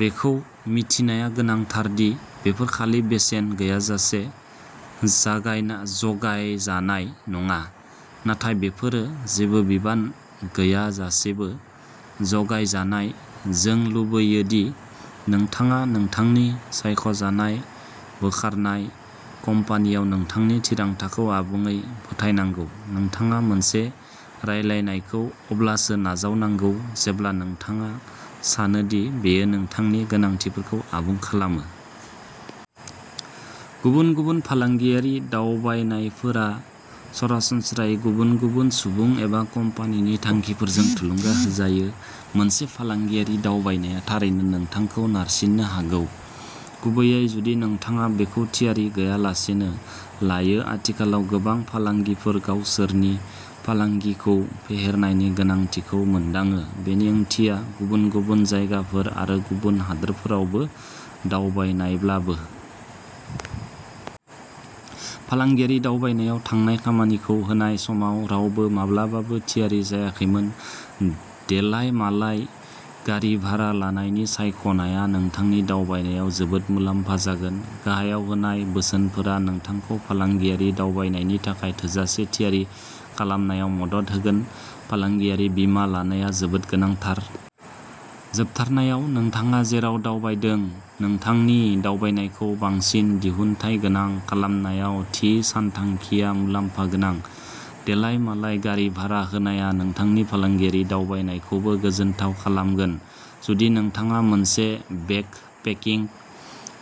बेखौ मिथिनाया गोनांथार दि बेफोर खालि बेसेन गैयाजासे जागायनाय जगायजानाय नङा। नाथाय बेफोरो जेबो बिबान गैयाजासेबो जगायजानाय। जों लुबैयो दि नोंथाङा नोंथांनि सायख'जानाय बोखारनाय कम्पानिआव नोंथांनि थिरांथाखौ आबुङै फोथायनांगौ। नोंथाङा मोनसे रायलायनायखौ अब्लासो नाजावनांगौ जेब्ला नोंथाङा सानो दि बेयो नोंथांनि गोनांथिफोरखौ आबुं खालामो। गुबुन गुबुन फालांगियारि दावबायनायफोरा सरासनस्रायै गुबुन गुबुन सुबुं एबा कम्पानिनि थांखिफोरजों थुलुंगा होजायो। मोनसे फालांगियारि दावबायनाया थारैनो नोंथांखौ नारसिननो हागौ, गुबैयै जुदि नोंथाङा बेखौ थियारि गैयालासेनो लायो। आथिखालाव गोबां फालांगिफोरा गावसोरनि फालांगिखौ फेहेरनायनि गोनांथिखौ मोनदाङो, बेनि ओंथिया गुबुन गुबुन जायगाफोर आरो गुबुन हादोरफोरावबो दावबायनायब्लाबो। फालांगियारि दावबायनायाव थांनाय खामानिखौ होनाय समाव रावबो माब्लाबाबो थियारि जायाखैमोन। देलायमालाय गारि भारा लानायनि सायख'नाया नोंथांनि दावबायनायाव जोबोद मुलाम्फा जागोन। गाहायाव होनाय बोसोनफोरा नोंथांखौ फालांगियारि दावबायनायनि थाखाय थोजासे थियारि खालामनायाव मदद होगोन। फालांगियारि बीमा लानाया जोबोद गोनांथार। जोबथारनायाव, नोंथाङा जेरावबो दावबायदों, नोंथांनि दावबायनायखौ बांसिन दिहुनथायगोनां खालामनायाव थि सानथांखिया मुलाम्फा गोनां। देलायमालाय गारि भारा होनाया नोंथांनि फालांगियारि दावबायनायखौबो गोजोनथाव खालामगोन। जुदि नोंथाङा मोनसे बेकपेकिंग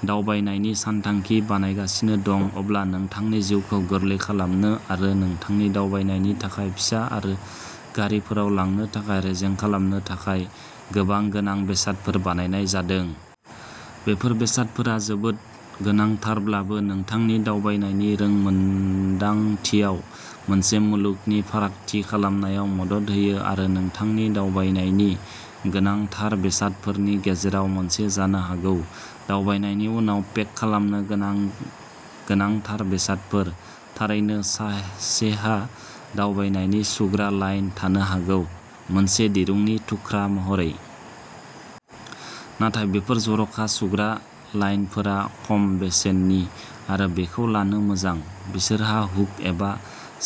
दावबायनायनि सानथांखि बानायगासिनो दं, अब्ला नोंथांनि जिउखौ गोरलै खालामनो आरो नोंथांनि दावबायनायनि थाखाय फिसा आरो गारिफोराव लांनो थाखाय रेजें खालामनो थाखाय गोबां गोनां बेसादफोर बानायनाय जादों। बेफोर बेसादफोरा जोबोद गोनांथारब्लाबो, नोंथांनि दावबायनायनि रोंमोनदांथियाव मोनसे मुलुगनि फारागथि खालामनायाव मदद होयो आरो नोंथांनि दावबायनायनि'गोनांथार'बेसादफोरनि गेजेराव मोनसे जानो हागौ। दावबायनायनि उनाव पेक खालामनो गोनां गोनांथार बेसादफोर। थारैनो, सासेहा दावबायनायनि सुग्रा लाइन थानो हागौ, मोनसे दिरुंनि थुख्रा महरै। नाथाय बेफोर जर'खा सुग्रा लाइनफोरा खम बेसेननि आरो बेखौ लानो मोजां। बिसोरहा हुक एबा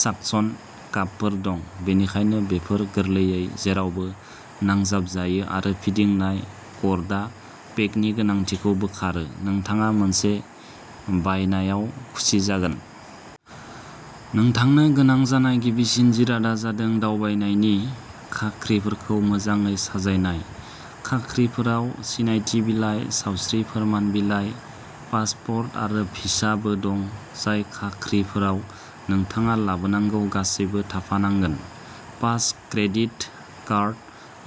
साकसन कापफोर दं, बेनिखायनो बेफोर गोरलैयै जेरावबो नांजाबजायो आरो फिदिंनाय कर्डआ पेगनि गोनांथिखौ बोखारो। नोंथाङा मोनसे बायनायाव खुसि जागोन! नोंथांनो गोनां जानाय गिबिसिन जिरादआ जादों दावबायनायनि खाख्रिफोरखौ मोजाङै साजायनाय। खाख्रिफोराव सिनायथि बिलाइ, सावस्रि फोरमान बिलाइ, पासपर्ट आरो भिसाबो दं, जाय खाख्रिफोराव नोंथाङा लाबोनांगौ गासैबो थाफानांगोन। पार्स, क्रेडिट कार्ड,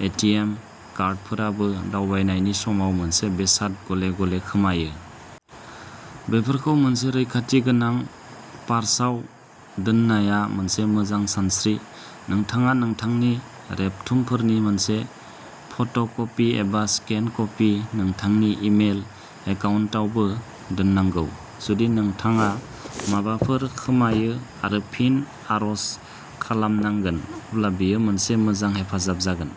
एटिएम कार्डफोराबो दावबायनायनि समाव मोनसे बेसाद गले-गले खोमायो। बेफोरखौ मोनसे रैखाथि गोनां पार्साव दोननाया मोनसे मोजां सानस्रि। नोंथाङा नोंथांनि रेबथुमफोरनि मोनसे फट'कपि एबा स्केन कपि नोंथांनि इमेल एकाउन्टावबो दोननांगौ; जुदि नोंथाङा माबाफोर खोमायो आरो फिन आर'ज खालामनांगोन अब्ला बेयो मोनसे मोजां हेफाजाब जागोन।